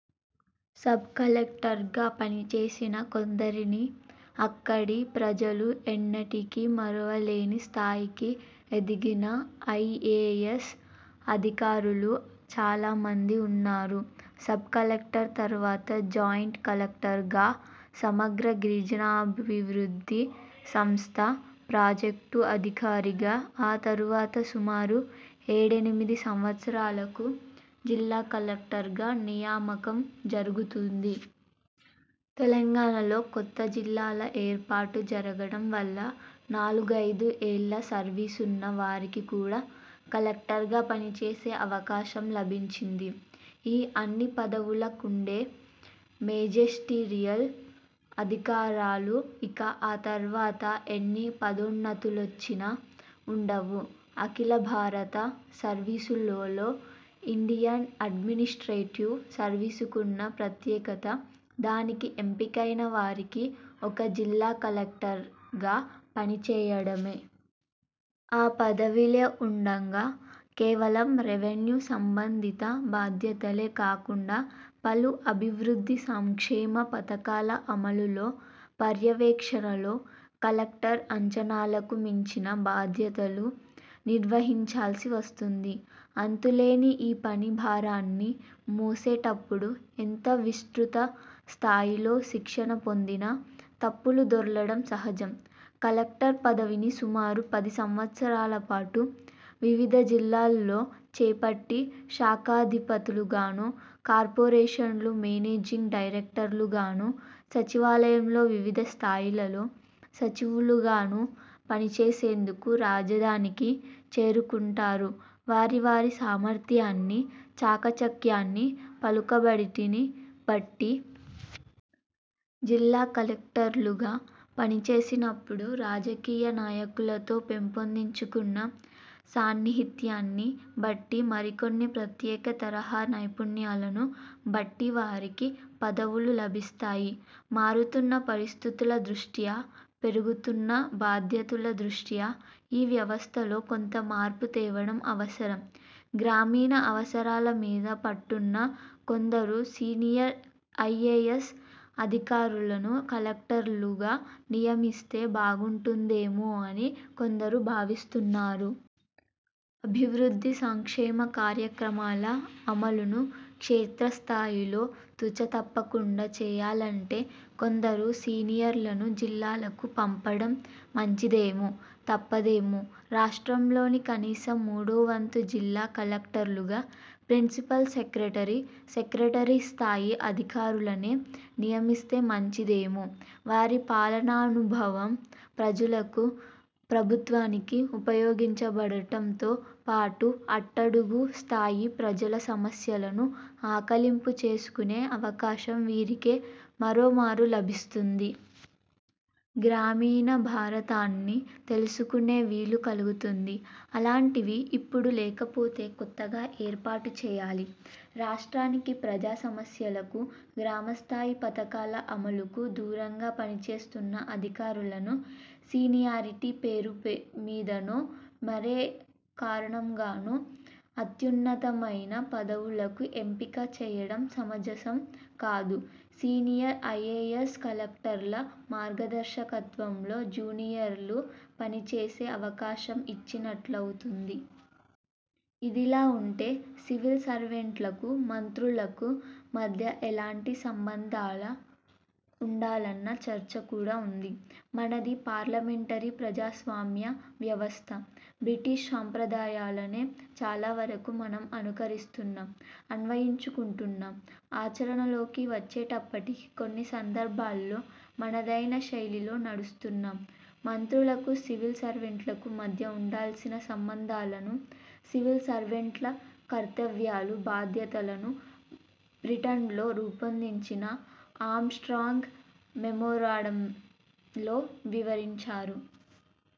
Sub కలెక్టర్గా పనిచేసిన కొందరిని, అక్కడి ప్రజలు ఎన్నటికీ మరువలేని స్థాయికి ఎదిగిన ఐఏఎస్ అధికారులు చాలా మంది వున్నారు. సబ్- కలెక్టర్ తరువాత జాయింట్ కలెక్టర్గా, సమగ్ర గిరిజనాభివృద్ధి సంస్థ ప్రాజెక్టు అధికారిగా, అ తరువాత సుమారు ఏడెనిమిది సంవత్సరాలకు జిల్లా కలెక్టర్గా నియామకం జరుగుతుంది. తెలంగాణలో కొత్త జిల్లాల ఏర్పాటు జరగడం వల్ల, నాలుగైదు ఏళ్ల సర్వీసున్న వారికి కూడా కలెక్టర్గా పనిచేసే అవకాశం లభించింది. ఈ అన్ని పదవుల కుండే మెజిస్టీరియల్ అధికారాలు, ఇక ఆ తర్వాత, ఎన్ని పదోన్నతులొచ్చినా వుండవు. అఖిలభారత సర్వీసులలో ఇండియన్ అడ్మినిస్ట్రేటివ్ సర్వీసుకున్న ప్రత్యేకత, దానికి ఎంపికైన వారికి ఒక ''జిల్లా కలెక్టర్''గా పనిచేయడమే! ఆ పదవిలో వుండగా, కేవలం రెవెన్యూ సంబంధిత బాధ్యతలే కాకుండా, పలు అభివృద్ధి–సంక్షేమ పథకాల అమలులో, పర్యవేక్షణలో, కలెక్టర్ అంచనాలకు మించిన బాధ్యతలు నిర్వహించాల్సి వస్తుంది. అంతులేని ఈ పని భారాన్ని మోసేటప్పుడు, ఎంత విస్తృత స్థాయిలో శిక్షణ పొందినా తప్పులు దొర్లడం సహజం. కలెక్టర్ పదవిని సుమారు పది సంవత్సరాల పాటు, వివిధ జిల్లాలలో చేపట్టి శాఖాధిపతులుగానో, కార్పొరేషన్ల మేనేజింగ్ డైరెక్టర్లుగానో, సచివాలయంలో వివిధ స్థాయిలలో సచివులుగానో పనిచేసేందుకు రాజధానికి చేరుకుంటారు వారి-వారి సామర్థ్యాన్ని, చాకచక్యాన్ని, పలుకుబడిని బట్టి. జిల్లా కలెక్టర్లుగా పనిచేసినప్పుడు రాజకీయ నాయకులతో పెంపొందించుకున్న సాన్నిహిత్యాన్ని బట్టి, మరికొన్ని ప్రత్యేక తరహా నైపుణ్యాలను బట్టి వారికి పదవులు లభిస్తాయి. మారుతున్న పరిస్థితుల దృష్ట్యా పెరుగుతున్న బాధ్యతల దృష్ట్యా, ఈ వ్యవస్థలో కొంత మార్పు తేవడం అవసరం. గ్రామీణ అవసరాల మీద పట్టున్న కొందరు సీనియర్ ఐఏఎస్ అధికారులను కలెక్టర్లుగా నియమిస్తే బాగుంటుందేమో అని కొందరు భావిస్తున్నారు. అభివృద్ధి, సంక్షేమ కార్యక్రమాల అమలును క్షేత్రస్థాయిలో తుచ తప్పకుండా చేయాలంటే కొందరు సీనియర్లను జిల్లాలకు పంపడం మంచిదేమో! తప్పదేమో! రాష్ట్రంలోని కనీసం మూడోవంతు జిల్లా కలెక్టర్లుగా ప్రిన్సిపల్ సెక్రటరీ, సెక్రటరీ స్థాయి అధికారులనే నియమిస్తే మంచిదేమో! వారి పాలనానుభువం ప్రజలకు, ప్రభుత్వానికి ఉపయోగించబడటంతో పాటు అట్టడుగు స్థాయి ప్రజల సమస్యలను ఆకళింపు చేసుకొనే అవకాశం వీరికి మరో మారు లభిస్తుంది. గ్రామీణ భారతాన్ని తెలుసుకునే వీలు కలుగుతుంది. అలాంటివి ఇప్పుడు లేకపోతే కొత్తగా ఏర్పాటు చేయాలి. రాష్ట్రానికి, ప్రజా సమస్యలకు, గ్రామస్థాయి పథకాల అమలుకు దూరంగా పనిచేస్తున్న అధికారులను సీనియారిటీ పేరుమీదనో, 'మరే కారణంగానో' అత్యున్నతమైన పదవులకు ఎంపిక చేయడం సమంజసం కాదు. సీనియర్ ఐఏఎస్ కలెక్టర్ల మార్గదర్శకత్వంలో జూనియర్లు పనిచేసే అవకాశం ఇచ్సినట్లవుతుంది. ఇదిలా వుంటే, సివిల్ సర్వెంట్లకు– మంత్రులకు మధ్య ఎలాంటి సంబంధాలు ఉండాలన్న చర్చ కూడా వుంది. మనది పార్లమెంటరీ ప్రజాస్వామ్య వ్యవస్థ. బ్రిటిష్ సంప్రదాయాలనే చాలావరకు మనం అనుకరిస్తున్నాం, అన్వయించుకుంటున్నాం. ఆచరణలోకి వచ్చేటప్పటికి, కొన్ని సందర్భాల్లో మనదైన శైలిలో నడుస్తున్నాం. మంత్రులకూ– సివిల్ సర్వెంట్లకు మధ్య ఉండాల్సిన సంబంధాలను, సివిల్ సర్వెంట్ల కర్తవ్యాలు–బాధ్యతలను, బ్రిటన్లో రూపొందించిన ''ఆర్మ్ స్ట్రాంగ్ మెమొరాండం''లో వివరించారు.